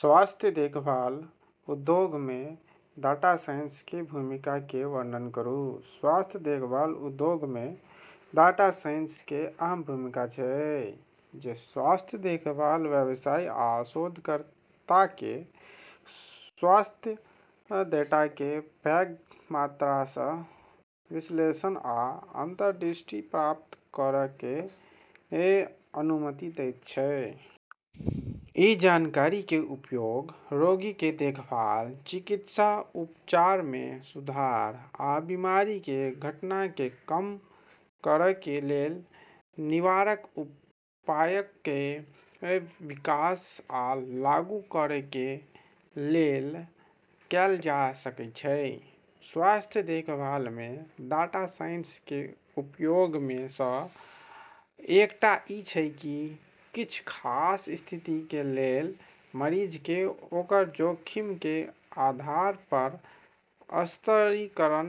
स्वास्थ्य देखभाल उद्योगमे डाटा साइंसके भूमिकाके वर्णन करू - स्वास्थ्य देखभाल उद्योगमे डाटा साइंसके अहम भूमिका छै, जे स्वास्थ्य देखभाल व्यवसायी आ शोधकर्ताके स्वास्थ्य डेटाके पैघ मात्रासँ विश्लेषण आ अंतर्दृष्टि प्राप्त करैके अनुमति दैत छै। ई जानकारीके उपयोग रोगीके देखभाल, चिकित्सा उपचारमे सुधार आ बीमारिके घटनाके कम करैके लेल निवारक उपायके विकास आ लागू करैके लेल कैल जा सकै छै। स्वास्थ्य देखभालमे डाटा साइंसके उपयोगमे सँ एकटा ई छै कि किछ खास स्थितिके लेल मरीजके ओकर जोखिमके आधार पर स्तरीकरण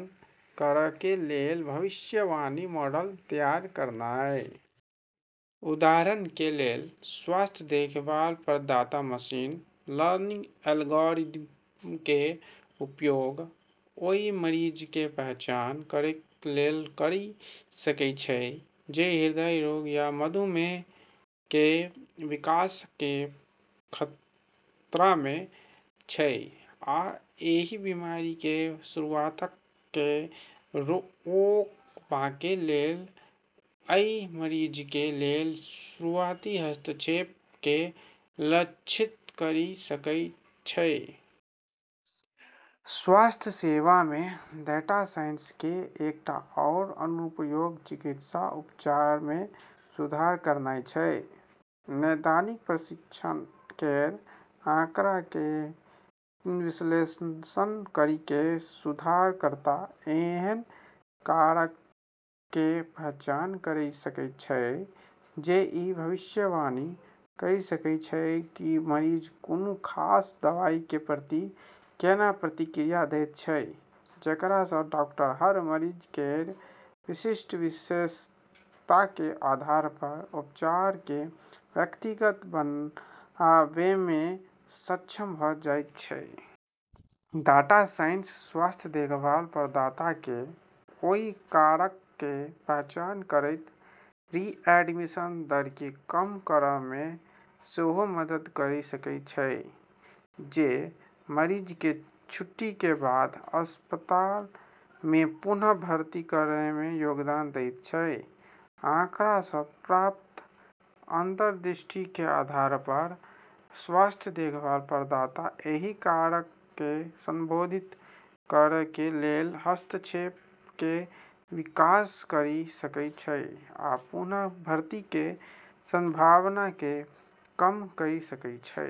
करैके लेल भविष्यवाणी मॉडल तैयार करनाइ। उदाहरणके लेल, स्वास्थ्य देखभाल प्रदाता मशीन लर्निंग एल्गोरिदमके उपयोग ओइ मरीजके पहचान करैके लेल करि सकय छै जे हृदय रोग या मधुमेहके विकासके खतरामे छै आ एहि बीमारिके शुरुआतके रोकबाके लेल अइ मरीजके लेल शुरुआती हस्तक्षेपके लक्षित करि सकय छै। स्वास्थ्य सेवामे डाटा साइंसके एकटा आओर अनुप्रयोग चिकित्सा उपचारमे सुधार करनाइ छै। नैदानिक परीक्षण केर आँकड़ाके विश्लेषण करिके शोधकर्ता एहन कारकके पहचान करि सकै छै जे ई भविष्यवाणी करि सकै छै कि मरीज कोनो खास दवाइके प्रति केना प्रतिक्रिया दैत छै, जेकरासँ डॉक्टर हर मरीज केर विशिष्ट विशेषताके आधार पर उपचारके व्यक्तिगत बनाबैमे सक्षम भ' जाइत छै। डाटा साइंस स्वास्थ्य देखभाल प्रदाताके ओइ कारकके पहचान करैत रिएडमिशन दरके कम करैमे सेहो मदद करि सकै छै जे मरीजके छुट्टीके बाद अस्पतालमे पुनः भर्ती करैमे योगदान दैत छै। आँकड़ासँ प्राप्त अंतर्दृष्टिके आधार पर स्वास्थ्य देखभाल प्रदाता एहि कारकके संबोधित करैके लेल हस्तक्षेपके विकास करि सकै छै आ पुनः भर्तीके संभावनाके कम करि सकै छै।